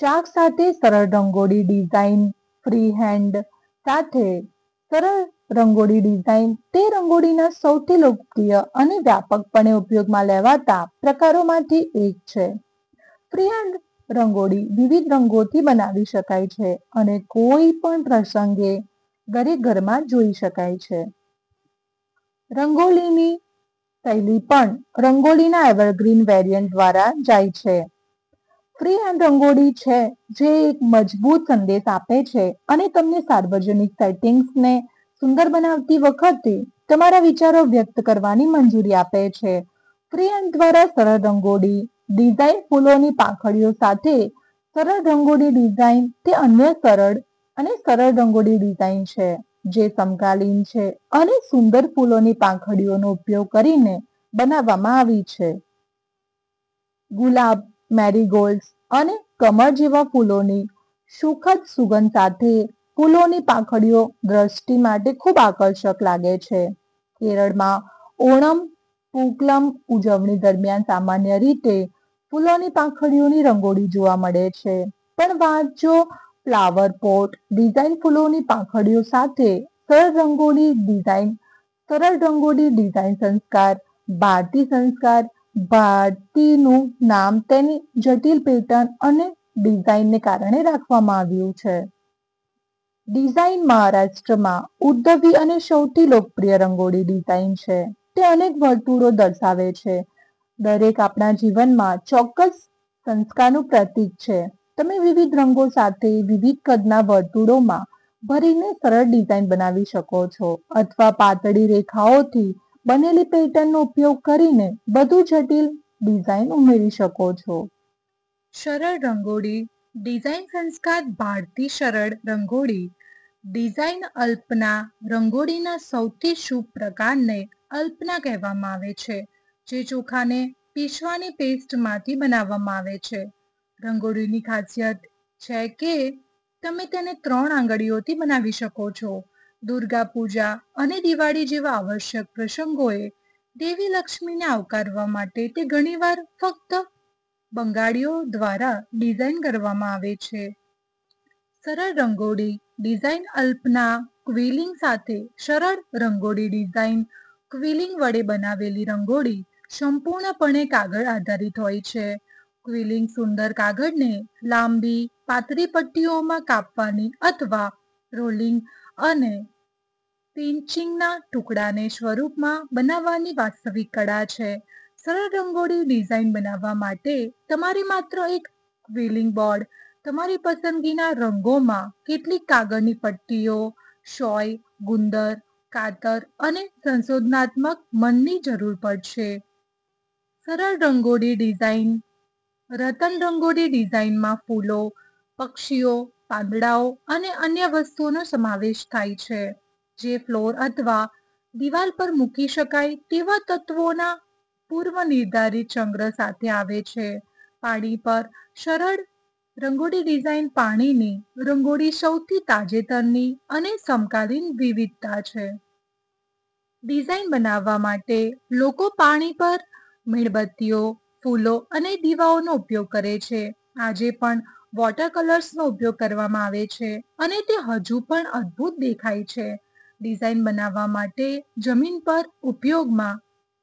ચાક સાથે સરળ રંગોળી ડિઝાઇનફ્રીહેન્ડ સાથે સરળ રંગોળી ડિઝાઇન તે રંગોળીના સૌથી લોકપ્રિય અને વ્યાપકપણે ઉપયોગમાં લેવાતા પ્રકારોમાંથી એક છે. ફ્રીહેન્ડ રંગોળી વિવિધ રંગોથી બનાવી શકાય છે અને કોઈપણ પ્રસંગે દરેક ઘરમાં જોઈ શકાય છે. રંગોળીની શૈલી પણ 'રંગોલીના એવરગ્રીન વેરિઅન્ટ' દ્વારા જાય છે. ફ્રીહેન્ડરંગોળી છે જે એક મજબૂત સંદેશ આપે છે અને તમને સાર્વજનિક સેટિંગ્સને સુંદર બનાવતી વખતે તમારા વિચારો વ્યક્ત કરવાની મંજૂરી આપે છે. ફ્રીહેન્ડ દ્વારા સરળ રંગોળી ડિઝાઇનફૂલોની પાંખડીઓ સાથે સરળ રંગોળી ડિઝાઇન તે અન્ય સરળ અને સરળ રંગોળી ડિઝાઇન છે, જે સમકાલીન છે અને સુંદર ફૂલોની પાંખડીઓનો ઉપયોગ કરીને બનાવવામાં આવી છે. ગુલાબ, મેરીગોલ્ડ્સ અને કમળ જેવા ફૂલોની સુખદ સુગંધ સાથે ફૂલોની પાંખડીઓ દૃષ્ટિ માટે ખૂબઆકર્ષક લાગે છે. કેરળમાં ઓણમ પૂકલમ ઉજવણી દરમિયાન સામાન્ય રીતે ફૂલોની પાંખડીઓની રંગોળી જોવા મળે છે. પણ વાંચોફ્લાવર પોટ ડિઝાઇન ફૂલોની પાંખડીઓ સાથે સરળ રંગોળી ડિઝાઇનસરળ રંગોળી ડિઝાઇનસંસ્કાર ભારતી સંસ્કાર ભારતીનું નામ તેની જટિલ પેટર્ન અને ડિઝાઇનને કારણે રાખવામાં આવ્યું છે. ડિઝાઈન મહારાષ્ટ્રમાં ઉદ્ભવી અને સૌથી લોકપ્રિય રંગોળી ડિઝાઈન છે. તે અનેક વર્તુળો દર્શાવે છે, દરેક આપણા જીવનમાં ચોક્કસ સંસ્કારનું પ્રતીક છે. તમે વિવિધ રંગો સાથે વિવિધ કદના વર્તુળોમાં ભરીને સરળ ડિઝાઇન બનાવી શકો છો અથવા પાતળી રેખાઓથી બનેલી પેટર્નનો ઉપયોગ કરીને વધુ જટિલ ડિઝાઇન ઉમેરી શકો છો. સરળ રંગોળી ડિઝાઇનસંસ્કાર ભારતીસરળ રંગોળી ડિઝાઇનઅલ્પના રંગોળીના સૌથી શુભ પ્રકારને અલ્પના કહેવામાં આવે છે, જે ચોખાને પીસવાની પેસ્ટમાંથી બનાવવામાં આવે છે. રંગોળીની ખાસિયતછે કે તમે તેને ત્રણ આંગળીઓથી બનાવી શકો છો. દુર્ગા પૂજા અને દિવાળી જેવા આવશ્યક પ્રસંગોએ દેવી લક્ષ્મીને આવકારવા માટે તે ઘણીવાર ફક્ત બંગાળીઓ દ્વારાડિઝાઇન કરવામાં આવે છે. સરળ રંગોળી ડિઝાઇનઅલ્પનાક્વિલિંગ સાથે સરળ રંગોળી ડિઝાઇન ક્વિલિંગ વડે બનાવેલી રંગોળી સંપૂર્ણપણે કાગળ આધારિત હોય છે. ક્વિલિંગસુંદર કાગળને લાંબી, પાતળી પટ્ટીઓમાં કાપવાની અથવા રોલિંગ અને પિન્ચિંગના ટુકડાને સ્વરૂપમાં બનાવવાની વાસ્તવિક કળા છે. સરળ રંગોળી ડિઝાઇન બનાવવા માટે તમારે માત્ર એક ક્વિલિંગ બોર્ડ, તમારી પસંદગીના રંગોમાં કેટલીક કાગળની પટ્ટીઓ, સોય, ગુંદર, કાતર અને સંશોધનાત્મક મનની જરૂર પડશે. સરળ રંગોળી ડિઝાઇનરતનરંગોળી ડિઝાઇનમાં ફૂલો, પક્ષીઓ, પાંદડાઓ અને અન્ય વસ્તુઓનો સમાવેશ થાય છે જે ફ્લોર અથવા દિવાલ પર મૂકી શકાય તેવા તત્વોના પૂર્વનિર્ધારિત સંગ્રહ સાથે આવે છે. પાણી પર સરળ રંગોળી ડિઝાઇન પાણીની રંગોળીસૌથી તાજેતરની અને સમકાલીન વિવિધતા છે. ડિઝાઈન બનાવવા માટે લોકો પાણી પર મીણબત્તીઓ, ફૂલો અને દીવાઓનો ઉપયોગ કરે છે. આજે પણ વોટરકલર્સનો ઉપયોગ કરવામાં આવે છે, અને તે હજુ પણ અદભૂત દેખાય છે. ડિઝાઈન બનાવવા માટે જમીન પર ઉપયોગમાં